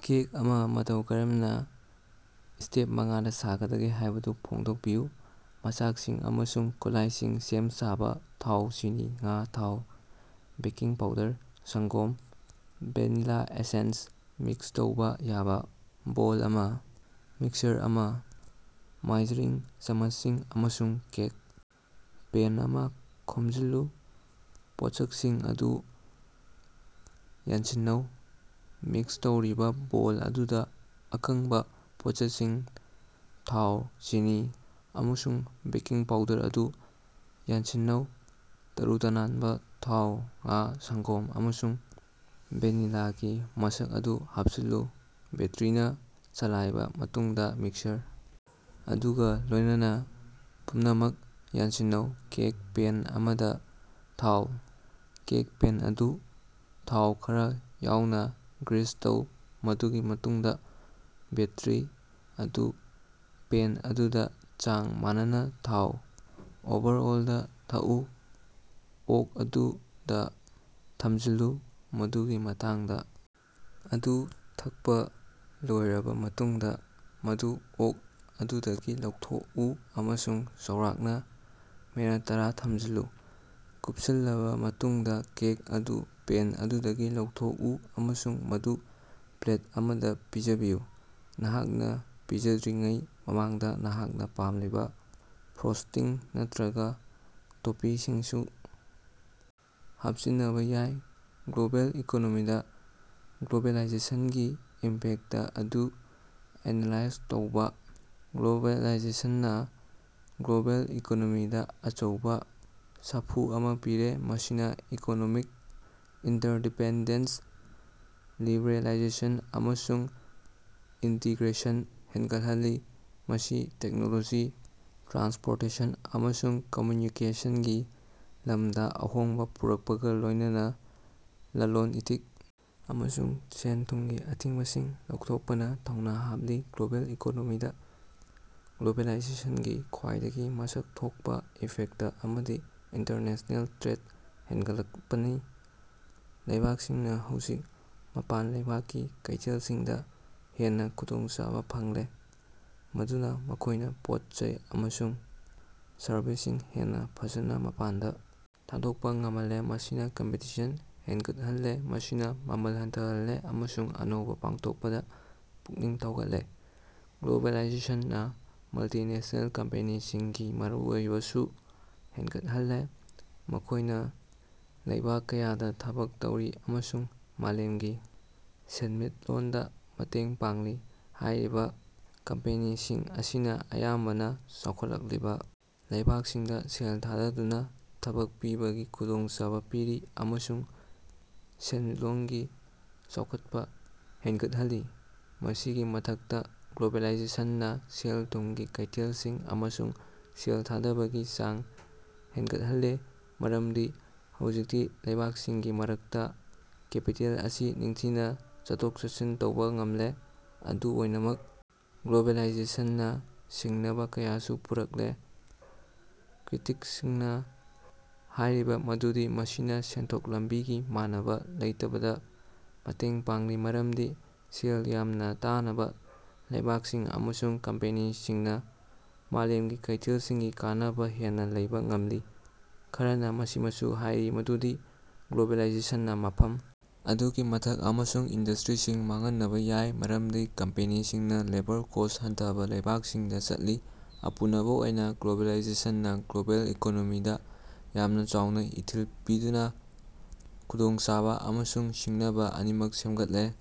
Cake ꯑꯃ ꯃꯇꯧ ꯀꯔꯝꯅ ꯁ꯭ꯇꯦꯞ ꯃꯉꯥꯗ ꯁꯦꯝꯒꯗꯒꯦ ꯍꯥꯏꯕꯗꯨ ꯐꯣꯡꯗꯣꯛꯄꯤꯌꯨ꯫ ꯃꯆꯥꯛꯁꯤꯡ ꯑꯃꯁꯨꯡ ꯈꯨꯠꯂꯥꯏꯁꯤꯡ ꯁꯦꯝ-ꯁꯥꯕ: ꯊꯥꯎ, ꯆꯤꯅꯤ, ꯉꯥ, ꯊꯥꯎ, ꯕꯦꯀꯤꯡ ꯄꯥꯎꯗꯔ, ꯁꯪꯒꯣꯝ, ꯚꯦꯅꯤꯂꯥ ꯑꯦꯁꯦꯟꯁ, ꯃꯤꯛꯁ ꯇꯧꯕ ꯌꯥꯕ ꯕꯣꯜ ꯑꯃ, ꯃꯤꯛꯁꯔ ꯑꯃꯥ, ꯃꯥꯏꯖꯔꯤꯡ ꯆꯃꯆꯁꯤꯡ ꯑꯃꯁꯨꯡ ꯀꯦꯛ ꯄꯦꯟ ꯑꯃꯥ ꯈꯣꯝꯖꯤꯜꯂꯨ꯫ ꯄꯣꯠꯁꯛꯁꯤꯡ ꯑꯗꯨ ꯌꯥꯟꯁꯤꯟꯅꯧ: ꯃꯤꯛꯁ ꯇꯧꯔꯤꯕꯥ ꯕꯣꯜ ꯑꯗꯨꯗꯥ, ꯑꯀꯪꯕꯥ ꯄꯣꯠꯁꯛꯁꯤꯡ ꯊꯥꯎ, ꯆꯤꯅꯤ, ꯑꯃꯁꯨꯡ ꯕꯦꯀꯤꯡ ꯄꯥꯎꯗꯔ ꯑꯗꯨ ꯌꯥꯟꯁꯤꯟꯅꯧ꯫ ꯇꯔꯨ-ꯇꯅꯥꯅꯕ ꯊꯥꯎ, ꯉꯥ, ꯁꯪꯒꯣꯝ, ꯑꯃꯁꯨꯡ ꯚꯦꯅꯤꯂꯥꯒꯤ ꯃꯁꯛ ꯑꯗꯨ ꯍꯥꯄꯆꯤꯜꯂꯨ꯫ ꯕꯦꯇꯔꯤꯅꯥ ꯆꯂꯥꯏꯕꯥ ꯃꯇꯨꯡꯗꯥ ꯃꯤꯛꯁꯔ ꯑꯗꯨꯒꯥ ꯂꯣꯏꯅꯅ ꯄꯨꯝꯅꯃꯛ ꯌꯥꯟꯁꯤꯟꯅꯧ꯫ ꯀꯦꯛ ꯄꯦꯟ ꯑꯃꯗꯥ ꯊꯥꯎ: ꯀꯦꯛ ꯄꯦꯟ ꯑꯗꯨ ꯊꯥꯎ ꯈꯔꯥ ꯌꯥꯎꯅꯥ ꯒ꯭ꯔꯤꯁ ꯇꯧ, ꯃꯗꯨꯒꯤ ꯃꯇꯨꯡꯗꯥ ꯕꯦꯇꯔꯤ ꯑꯗꯨ ꯄꯦꯟ ꯑꯗꯨꯗꯥ ꯆꯥꯡ ꯃꯥꯟꯅꯅꯥ ꯊꯥꯎ꯫ ꯑꯣꯚꯔꯑꯣꯜꯗꯥ ꯊꯛꯎ: ꯑꯣꯛ ꯑꯗꯨ ꯗꯥ ꯊꯃꯖꯤꯜꯂꯨ, ꯃꯗꯨꯒꯤ ꯃꯇꯨꯡꯗꯥ ꯑꯗꯨ ꯊꯛꯄꯥ ꯂꯣꯌꯔꯕꯥ ꯃꯇꯨꯡꯗꯥ, ꯃꯗꯨ ꯑꯣꯛ ꯑꯗꯨꯗꯒꯤ ꯂꯧꯊꯣꯛꯎ ꯑꯃꯁꯨꯡ ꯆꯥꯎꯔꯥꯛꯅꯥ ꯃꯤꯅꯠ ꯇꯔꯥ ꯊꯃꯖꯤꯜꯂꯨ꯫ ꯀꯨꯄꯁꯤꯜꯂꯕꯥ ꯃꯇꯨꯡꯗꯥ, ꯀꯦꯛ ꯑꯗꯨ ꯄꯦꯟ ꯑꯗꯨꯗꯒꯤ ꯂꯧꯊꯣꯀꯎ ꯑꯃꯁꯨꯡ ꯃꯗꯨ ꯄ꯭ꯂꯦꯠ ꯑꯃꯗꯥ ꯄꯤꯖꯕꯤꯌꯨ꯫ ꯅꯍꯥꯛꯅꯥ ꯄꯤꯖꯗ꯭ꯔꯤꯉꯩ ꯃꯃꯥꯡꯗꯥ ꯅꯍꯥꯛꯅꯥ ꯄꯥꯝꯂꯤꯕꯥ ꯐ꯭ꯔꯣꯁꯇꯤꯡ ꯅꯠꯇꯔꯒꯥ ꯇꯣꯄꯤꯡꯁꯤꯡꯁꯨ ꯍꯥꯄꯆꯤꯅꯕꯥ ꯌꯥꯏ꯫ ꯒ꯭ꯂꯣꯕꯦꯜ ꯏꯀꯣꯅꯣꯃꯤꯗꯥ ꯒ꯭ꯂꯣꯕꯦꯂꯥꯏꯖꯦꯁꯅꯒꯤ ꯏꯝꯄꯦꯛꯇ ꯑꯗꯨ ꯑꯦꯅꯥꯂꯥꯏꯖ ꯇꯧꯕꯥ꯫ ꯒ꯭ꯂꯣꯕꯦꯂꯥꯏꯖꯦꯁꯟꯅꯥ ꯒ꯭ꯂꯣꯕꯦꯜ ꯏꯀꯣꯅꯣꯃꯤꯗꯥ ꯑꯆꯧꯕꯥ ꯁꯥꯐꯨ ꯑꯃꯥ ꯄꯤꯔꯦ, ꯃꯁꯤꯅꯥ ꯏꯀꯣꯅꯣꯃꯤꯛ ꯏꯟꯇꯔꯗꯤꯄꯦꯟꯗꯦꯟꯁ, ꯂꯤꯕꯔꯦꯂꯥꯏꯖꯦꯁꯟ ꯑꯃꯁꯨꯡ ꯏꯟꯇꯤꯒ꯭ꯔꯦꯁꯟ ꯍꯦꯟꯒꯠꯍꯜꯂꯦ꯫ ꯃꯁꯤ ꯇꯦꯛꯅꯣꯂꯣꯖꯤ, ꯇ꯭ꯔꯥꯟꯁꯄꯣꯔꯇꯦꯁꯟ ꯑꯃꯁꯨꯡ ꯀꯝꯝꯌꯨꯅꯤꯀꯦꯁꯟꯒꯤ ꯂꯃꯗꯥ ꯑꯍꯣꯡꯕꯥ ꯄꯨꯔꯛꯄꯒꯥ ꯂꯣꯏꯅꯅ ꯂꯂꯣꯟ-ꯏꯇꯤꯛ ꯑꯃꯁꯨꯡ ꯁꯦꯟ-ꯊꯨꯃꯒꯤ ꯑꯊꯤꯡꯕꯁꯤꯡ ꯂꯧꯊꯣꯛꯄꯅꯥ ꯊꯧꯅꯥ ꯍꯥꯞꯂꯤ꯫ ꯒ꯭ꯂꯣꯕꯦꯜ ꯏꯀꯣꯅꯣꯃꯤꯗꯥ ꯒ꯭ꯂꯣꯕꯦꯂꯥꯏꯖꯦꯁꯅꯒꯤ ꯈ꯭ꯋꯥꯏꯗꯒꯤ ꯃꯁꯛ ꯊꯣꯀꯄꯥ ꯏꯐꯦꯛꯇ ꯑꯃꯗꯤ ꯏꯟꯇꯔꯅꯦꯁꯅꯦꯜ ꯇ꯭ꯔꯦꯗ ꯍꯦꯟꯒꯠꯂꯛꯄꯅꯤ꯫ ꯂꯩꯕꯥꯛꯁꯤꯡꯅꯥ ꯍꯧꯖꯤꯛ ꯃꯄꯥꯟ ꯂꯩꯕꯥꯛꯀꯤ ꯀꯩꯊꯦꯜꯁꯤꯡꯗꯥ ꯍꯦꯟꯅꯥ ꯈꯨꯗꯣꯡꯆꯥꯕꯥ ꯐꯪꯂꯦ, ꯃꯗꯨꯅꯥ ꯃꯈꯣꯏꯅꯥ ꯄꯣꯠ-ꯆꯩ ꯑꯃꯁꯨꯡ ꯁꯔꯕꯤꯁꯁꯤꯡ ꯍꯦꯟꯅꯥ ꯐꯖꯅꯥ ꯃꯄꯥꯟꯗꯥ ꯊꯥꯗꯣꯀꯄꯥ ꯉꯃꯍꯜꯂꯦ꯫ ꯃꯁꯤꯅꯥ ꯀꯝꯄꯤꯇꯤꯁꯟ ꯍꯦꯅꯒꯠꯍꯜꯂꯦ, ꯃꯁꯤꯅꯥ ꯃꯃꯜ ꯍꯟꯊꯍꯜꯂꯦ ꯑꯃꯁꯨꯡ ꯑꯅꯧꯕꯥ ꯄꯨꯊꯣꯀꯄꯗꯥ ꯄꯨꯛꯅꯤꯡ ꯊꯧꯒꯠꯂꯦ꯫ ꯒ꯭ꯂꯣꯕꯦꯂꯥꯏꯖꯦꯁꯟꯅꯥ ꯃꯜꯇꯤꯅꯦꯁ꯭ꯅꯦꯜ ꯀꯝꯄꯦꯅꯤꯁꯤꯡꯒꯤ ꯃꯔꯨꯑꯣꯏꯕꯁꯨ ꯍꯦꯟꯒꯠꯍꯜꯂꯦ, ꯃꯈꯣꯏꯅꯥ ꯂꯩꯕꯥꯛ ꯀꯌꯥꯗꯥ ꯊꯕꯛ ꯇꯧꯔꯤ ꯑꯃꯁꯨꯡ ꯃꯥꯂꯦꯝꯒꯤ ꯁꯦꯟꯃꯤꯠꯂꯣꯟꯗꯥ ꯃꯇꯦꯡ ꯄꯥꯡꯂꯤ꯫ ꯍꯥꯏꯔꯤꯕꯥ ꯀꯝꯄꯦꯅꯤꯁꯤꯡ ꯑꯁꯤꯅꯥ ꯑꯌꯥꯝꯕꯅꯥ ꯆꯥꯎꯈꯠꯂꯛꯂꯤꯕꯥ ꯂꯩꯕꯥꯀꯁꯤꯡꯗꯥ ꯁꯦꯜ ꯊꯥꯗꯗꯨꯅꯥ ꯊꯕꯛ ꯄꯤꯕꯒꯤ ꯈꯨꯗꯣꯡꯆꯥꯕꯥ ꯄꯤꯔꯤ ꯑꯃꯁꯨꯡ ꯁꯦꯟꯃꯤꯠꯂꯣꯟꯒꯤ ꯆꯥꯎꯈꯠꯄꯥ ꯍꯦꯟꯒꯠꯍꯜꯂꯤ꯫ ꯃꯁꯤꯒꯤ ꯃꯊꯛꯇꯥ, ꯒ꯭ꯂꯣꯕꯦꯂꯥꯏꯖꯦꯁꯟꯅꯥ ꯁꯦꯜ-ꯊꯨꯝꯒꯤ ꯀꯩꯊꯦꯜꯁꯤꯡ ꯑꯃꯁꯨꯡ ꯁꯦꯜ ꯊꯥꯗꯕꯒꯤ ꯆꯥꯡ ꯍꯦꯅꯒꯠꯍꯜꯂꯦ, ꯃꯔꯃꯗꯤ ꯍꯧꯖꯤꯛꯇꯤ ꯂꯩꯕꯥꯛꯁꯤꯡꯒꯤ ꯃꯔꯛꯇꯥ ꯀꯦꯄꯤꯇꯦꯜ ꯑꯁꯤ ꯅꯤꯡꯊꯤꯅꯥ ꯆꯠꯊꯣꯛ-ꯆꯠꯁꯤꯟ ꯇꯧꯕꯥ ꯉꯝꯂꯦ꯫ ꯑꯗꯨꯝ ꯑꯣꯏꯅꯃꯛ ꯒ꯭ꯂꯣꯕꯦꯂꯥꯏꯖꯦꯁꯟꯅꯥ ꯁꯤꯡꯅꯕꯥ ꯀꯌꯥꯁꯨ ꯄꯨꯔꯛꯂꯦ꯫ ꯀ꯭ꯔꯤꯇꯤꯛꯁꯁꯤꯡꯅꯥ ꯍꯥꯏꯔꯤ ꯃꯗꯨꯗꯤ ꯃꯁꯤꯅꯥ ꯁꯦꯟꯊꯣꯛ ꯂꯝꯕꯤꯒꯤ ꯃꯥꯟꯅꯕꯥ ꯂꯩꯇꯕꯗꯥ ꯃꯇꯦꯡ ꯄꯥꯡꯂꯤ, ꯃꯔꯃꯗꯤ ꯁꯦꯜ ꯌꯥꯝꯅꯥ ꯇꯥꯅꯕꯥ ꯂꯩꯕꯥꯛꯁꯤꯡ ꯑꯃꯁꯨꯡ ꯀꯝꯄꯦꯅꯤꯁꯤꯡꯅꯥ ꯃꯥꯂꯦꯃꯒꯤ ꯀꯩꯊꯦꯜꯁꯤꯡꯒꯤ ꯀꯥꯟꯅꯕꯥ ꯍꯦꯟꯅꯥ ꯂꯧꯕꯥ ꯉꯝꯂꯤ꯫ ꯈꯔꯅꯥ ꯃꯁꯤꯃꯁꯨ ꯍꯥꯏꯔꯤ ꯃꯗꯨꯗꯤ ꯒ꯭ꯂꯣꯕꯦꯂꯥꯏꯖꯦꯁꯟꯅꯥ ꯃꯐꯝ ꯑꯗꯨꯒꯤ ꯊꯕꯛ ꯑꯃꯁꯨꯡ ꯏꯟꯗꯁ꯭ꯇꯔꯤꯁꯤꯡ ꯃꯥꯡꯍꯅꯕꯥ ꯌꯥꯏ, ꯃꯔꯝꯗꯤ ꯀꯝꯄꯦꯅꯤꯁꯤꯡꯅꯥ ꯂꯦꯕꯔ ꯀꯣꯁꯠ ꯍꯟꯊꯕꯥ ꯂꯩꯕꯥꯛꯁꯤꯡꯗꯥ ꯆꯠꯂꯤ꯫ ꯑꯄꯨꯅꯕꯥ ꯑꯣꯏꯅꯥ ꯒ꯭ꯂꯣꯕꯦꯂꯥꯏꯖꯦꯁꯟꯅꯥ ꯒ꯭ꯂꯣꯕꯦꯜ ꯏꯀꯣꯅꯣꯃꯤꯗꯥ ꯌꯥꯝꯅꯥ ꯆꯥꯎꯅꯥ ꯏꯊꯤꯜ ꯄꯤꯗꯨꯅꯥ ꯈꯨꯗꯣꯡꯆꯥꯕꯥ ꯑꯃꯁꯨꯡ ꯁꯤꯡꯅꯕꯥ ꯑꯅꯤꯃꯛ ꯁꯦꯝꯒꯠꯂꯦ꯫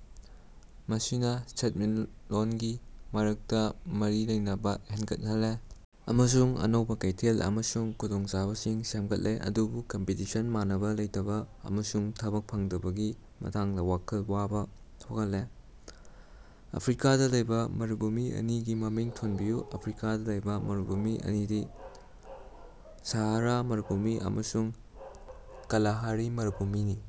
ꯃꯁꯤꯅꯥ ꯁꯦꯟꯃꯤꯠꯂꯣꯟꯒꯤ ꯃꯔꯛꯇꯥ ꯃꯔꯤ ꯂꯩꯅꯕꯥ ꯍꯦꯟꯒꯠꯍꯜꯂꯦ ꯑꯃꯁꯨꯡ ꯑꯅꯧꯕꯥ ꯀꯩꯊꯦꯜ ꯑꯃꯁꯨꯡ ꯈꯨꯗꯣꯡꯆꯥꯕꯁꯤꯡ ꯁꯦꯃꯒꯠꯂꯦ, ꯑꯗꯨꯕꯨ ꯀꯝꯄꯤꯇꯤꯁꯟ, ꯃꯥꯟꯅꯕꯥ ꯂꯩꯇꯕꯥ, ꯑꯃꯁꯨꯡ ꯊꯕꯛ ꯐꯪꯗꯕꯒꯤ ꯃꯇꯥꯡꯗꯥ ꯋꯥꯈꯜ ꯋꯥꯕꯥ ꯊꯣꯛꯍꯜꯂꯦ꯫ ꯑꯐ꯭ꯔꯤꯀꯥꯗꯥ ꯂꯩꯕꯥ ꯃꯔꯨꯚꯨꯃꯤ ꯑꯅꯤꯒꯤ ꯃꯃꯤꯡ ꯊꯣꯟꯕꯤꯌꯨ꯫ ꯑꯐ꯭ꯔꯤꯀꯥꯗꯥ ꯂꯩꯕꯥ ꯃꯔꯨꯚꯨꯃꯤ ꯑꯅꯤꯗꯤ ꯁꯥꯍꯥꯔꯥ ꯃꯔꯨꯚꯨꯃꯤ ꯑꯃꯁꯨꯡ ꯀꯥꯂꯥꯍꯥꯔꯤ ꯃꯔꯨꯚꯨꯃꯤꯅꯤ꯫